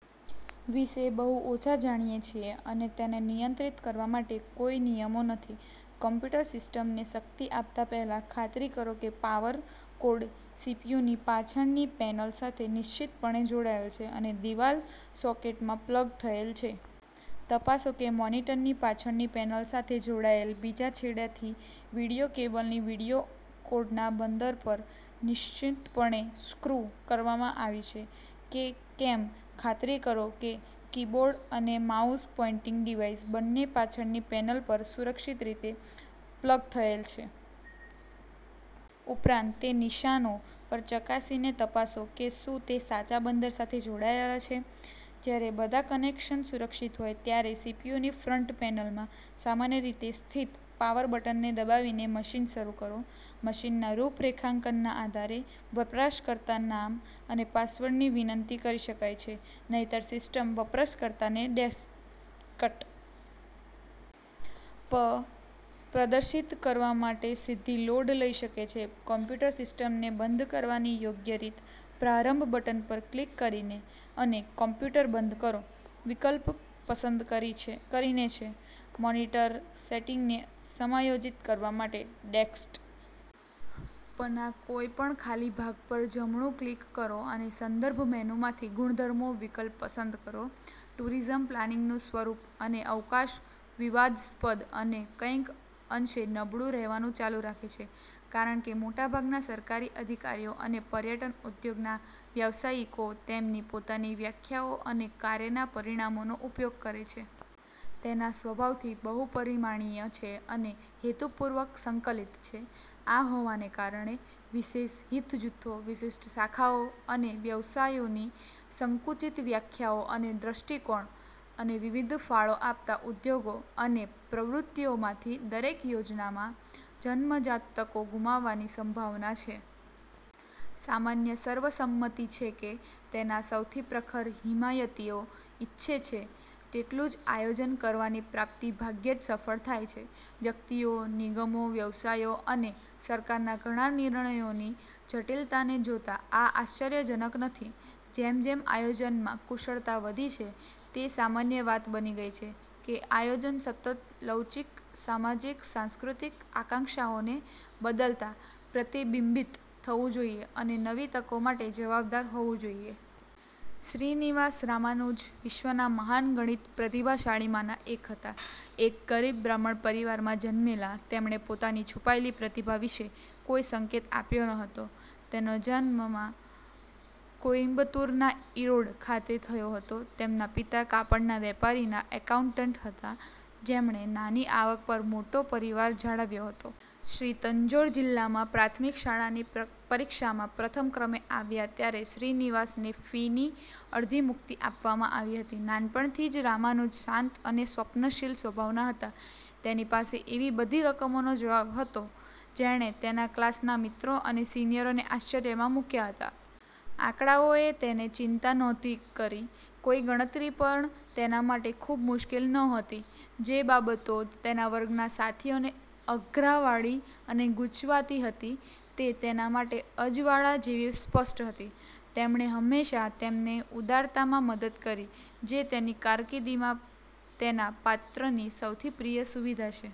વિષે બહુ ઓછા જાણીએ છીએ, અને તેને નિયંત્રિત કરવા માટે કોઈ નિયમો નથી. કમ્પ્યુટર સિસ્ટમને શક્તિ આપતા પહેલાં, ખાતરી કરો કે પાવર કોર્ડ સીપીયુની પાછળની પેનલ સાથે નિશ્ચિતપણે જોડાયેલ છે અને દિવાલ સોકેટમાં પ્લગ થયેલ છે. તપાસો કે મોનિટરની પાછળની પેનલ સાથે જોડાયેલ બીજા છેડેથી વિડિઓ કેબલને વિડિઓ કોર્ડના બંદર પર નિશ્ચિતપણે સ્ક્રૂ કરવામાં આવી છે કે કેમ. ખાતરી કરો કે કીબોર્ડ અને માઉસ પોઇંટિંગ ડિવાઇસ બંને પાછળની પેનલ પર સુરક્ષિત રીતે પ્લગ થયેલ છે. ઉપરાંત, તે નિશાનો પર ચકાસીને તપાસો કે શું તે સાચા બંદર સાથે જોડાયેલા છે. જ્યારે બધા કનેક્શન્સ સુરક્ષિત હોય, ત્યારે સીપીયુની ફ્રન્ટ પેનલમાં સામાન્ય રીતે સ્થિત પાવર બટનને દબાવીને મશીન શરૂ કરો મશીનના રૂપરેખાંકનના આધારે, વપરાશકર્તાનામ અને પાસવર્ડની વિનંતી કરી શકાય છે; નહિંતર, સિસ્ટમ વપરાશકર્તાને ડેસ્કટ. પ પ્રદર્શિત કરવા માટે સીધી લોડ થઈ શકે છે. કમ્પ્યુટર સિસ્ટમને બંધ કરવાની યોગ્ય રીત 'પ્રારંભ' બટન પર ક્લિક કરીને અને '' કમ્પ્યુટર બંધ કરો 'વિકલ્પ પસંદ કરીને છે. મોનિટર સેટિંગ્સને સમાયોજિત કરવા માટે, ડેસ્કટ. પના કોઈપણ ખાલી ભાગ પર જમણું ક્લિક કરો અને સંદર્ભ મેનૂમાંથી 'ગુણધર્મો' વિકલ્પ પસંદ કરો. ટૂરિઝમ પ્લાનિંગનું સ્વરૂપ અને અવકાશ વિવાદાસ્પદ અને કંઈક અંશે નબળું રહેવાનું ચાલુ રાખે છે, કારણ કે મોટાભાગના સરકારી અધિકારીઓ અને પર્યટન ઉદ્યોગના વ્યવસાયિકો તેમની પોતાની વ્યાખ્યાઓ અને કાર્યના પરિમાણોનો ઉપયોગ કરે છે. તેના સ્વભાવથી બહુપરીમાણીય છે અને હેતુપૂર્વક સંકલિત છે. આ હોવાને કારણે, વિશેષ હિત જૂથો, વિશિષ્ટ શાખાઓ અને વ્યવસાયોની સંકુચિત વ્યાખ્યાઓ અને દ્રષ્ટિકોણ, અને વિવિધ ફાળો આપતા ઉદ્યોગો અને પ્રવૃત્તિઓમાંથી દરેક યોજનામાં જન્મજાત તકો ગુમાવવાની સંભાવના છે. સામાન્ય સર્વસંમતિ છે કે તેના સૌથી પ્રખર હિમાયતીઓ ઇચ્છે છે તેટલું જ આયોજન કરવાની પ્રાપ્તિ ભાગ્યે જ સફળ થાય છે. વ્યક્તિઓ, નિગમો, વ્યવસાયો અને સરકારોના ઘણા નિર્ણયોની જટિલતાને જોતા આ આશ્ચર્યજનક નથી. જેમ જેમ આયોજનમાં કુશળતા વધી છે, તે સામાન્ય વાત બની ગઈ છે કે આયોજન સતત, લવચીક, સામાજિક-સાંસ્કૃતિક આકાંક્ષાઓને બદલતા પ્રતિબિંબિત થવું જોઈએ અને નવી તકો માટે જવાબદાર હોવું જોઈએ. શ્રીનિવાસ રામાનુજન વિશ્વના મહાન ગણિત પ્રતિભાશાળીમાંના એક હતા. એક ગરીબ બ્રાહ્મણ પરિવારમાં જન્મેલા, તેમણે પોતાની છુપાયેલી પ્રતિભા વિશે કોઈ સંકેત આપ્યો ન હતો. તેનો જન્મ માં કોઈમ્બતુરના ઇરોડ ખાતે થયો હતો. તેમના પિતા કાપડના વેપારીના એકાઉન્ટન્ટ હતા જેમણે નાની આવક પર મોટો પરિવાર જાળવ્યો હતો. શ્રી તન્જોર જીલ્લામાં પ્રાથમિક શાળાની પરીક્ષામાં પ્રથમ ક્રમે આવ્યા ત્યારે શ્રીનિવાસને ફીની અડધી મુક્તિ આપવામાં આવી હતી. નાનપણથી જ રામાનુજન શાંત અને સ્વપ્નશીલ સ્વભાવના હતા. તેની પાસે એવી બધી રકમનો જવાબ હતો જેણે તેના ક્લાસના મિત્રો અને સિનિયરોને આશ્ચર્યમાં મુક્યા હતા. આંકડાઓએ તેને ચિંતા નહોતી કરી, કોઈ ગણતરી પણ તેના માટે ખૂબ મુશ્કેલ નહોતી. જે બાબતો તેના વર્ગના સાથીઓને અંધારાવાળી અને ગુંચવાતી હતી તે તેના માટે અજવાળ જેવી સ્પષ્ટ હતી. તેમણે હંમેશાં તેમને ઉદારતામાં મદદ કરી જે તેની કારકીર્દિમાં તેના પાત્રની સૌથી પ્રિય સુવિધા છે.